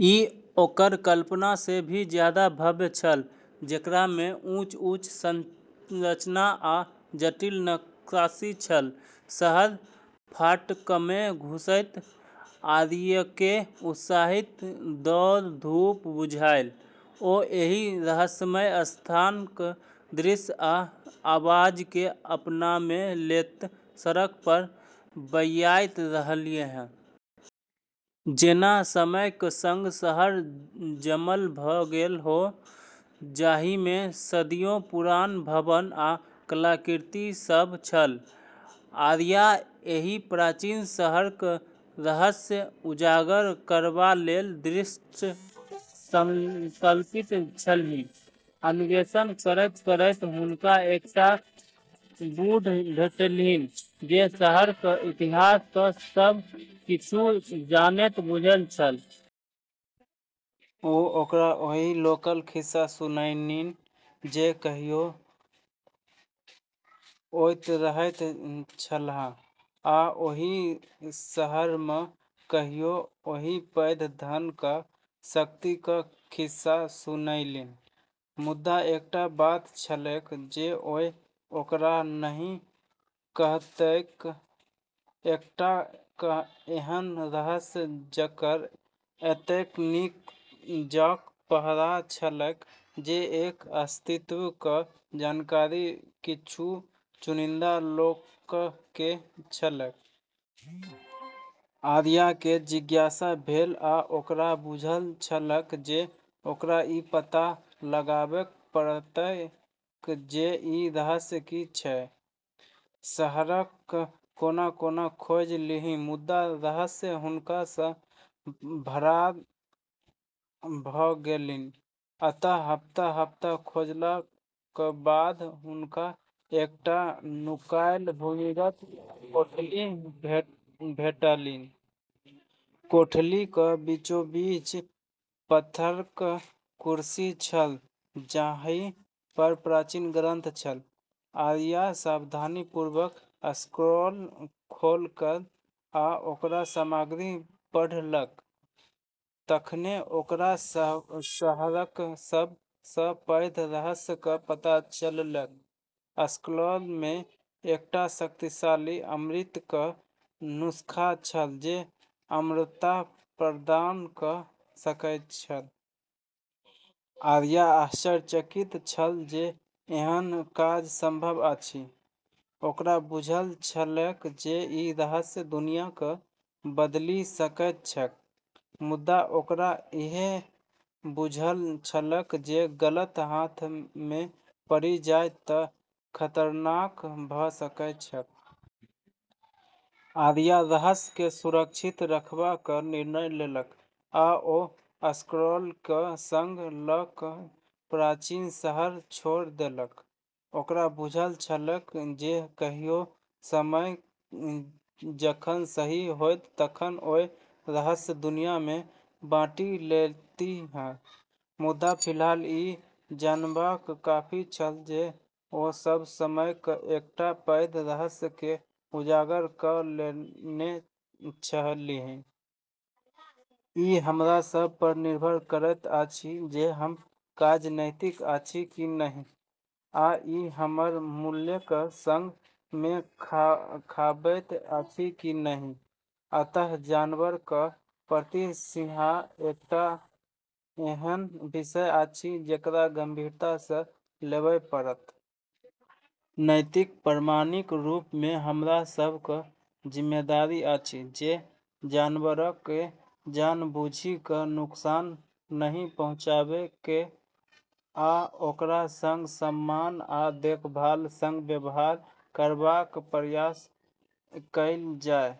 ई ओकर कल्पना सँ भी जादा भव्य छल, जेकरामे ऊँच-ऊँच संरचना आ जटिल नक्काशी छल। शहरक फाटकमे घुसैत आरियाकेँ उत्साहक दौड़-धूप बुझायल। ओ एहि रहस्यमयी स्थानक दृश्य आ आवाजकेँ अपनामे लैत सड़क पर बौआइत रहलीह। जेना समयक संग शहर जमल भ’ गेल हो, जाहिमे सदियो पुरान भवन आ कलाकृति सभ छल। आरिया एहि प्राचीन शहरक रहस्य उजागर करबा लेल दृढ़ संकल्पित छलीह। अन्वेषण करैत-करैत हुनका एकटा बूढ़ भेटलनि जे शहरक इतिहासक सभ किछु जनैत बुझाइत छलाह। ओ ओकरा ओहि लोकक खिस्सा सुनौलनि जे कहियो ओतय रहैत छलाह आ ओहि शहरमे कहियो ओहि पैघ धन आ शक्तिक खिस्सा सुनौलनि। मुदा एकटा बात छलैक जे ओ ओकरा नहि कहतैक, एकटा एहन रहस्य जकर एतेक नीक जकाँ पहरा छलैक जे एकर अस्तित्वक जानकारी किछुए चुनिंदा लोककेँ छलैक। आरियाकेँ जिज्ञासा भेलै आ ओकरा बुझल छलैक जे ओकरा ई पता लगाबय पड़तैक जे ई रहस्य की छैक। शहरक कोन-कोन खोजलीह, मुदा रहस्य हुनका सँ फरार भ’ गेलनि। अंततः हफ्ता-हफ्ता खोजलाक बाद हुनका एकटा नुकायल भूमिगत कोठली भेटलनि। कोठलीक बीचोबीच पाथरक कुरसी छल जाहि पर प्राचीन ग्रंथ छल आरिया सावधानीपूर्वक स्क्रॉल खोललक आ ओकर सामग्री पढ़लक। तखने ओकरा शहरक सब सँ पैघ रहस्यक पता चललैक। स्क्रॉलमे एकटा शक्तिशाली अमृतक नुस्खा छल जे अमरता प्रदान क’ सकैत छल। आरिया आश्चर्यचकित छल जे एहन काज संभव अछि। ओकरा बुझल छलैक जे ई रहस्य दुनियाकेँ बदलि सकैत छैक, मुदा ओकरा ईहो बुझल छलैक जे गलत हाथमे पड़ि जाय तँ ई खतरनाक भ’ सकैत छैक। आरिया रहस्यकेँ सुरक्षित रखबाक निर्णय लेलक आ ओ स्क्रॉलकेँ संग ल’ क’ प्राचीन शहर छोड़ि देलक। ओकरा बुझल छलैक जे कहियो समय जखन सही होयत तखन ओ रहस्य दुनियामे बाँटि लेतीह। मुदा फिलहाल ई जानब काफी छल जे ओ सभ समयक एकटा पैघ रहस्यकेँ उजागर क’ लेने छलीह। ई हमरा सभ पर निर्भर करैत अछि जे हमर काज नैतिक अछि कि नहि आ ई हमर मूल्यक संग मेल खाबैत अछि कि नहि। अंततः जानवरक प्रति हिंसा एकटा एहन विषय अछि जेकरा गंभीरता सँ लेबय पड़त। नैतिक प्राणीक रूपमे हमरा सभक जिम्मेदारी अछि जे जानवरकेँ जानबूझि क’ नुकसान नहि पहुँचाबै केँ, आ ओकरा संग सम्मान आ देखभालक संग व्यवहार करबाक प्रयास कएल जाय।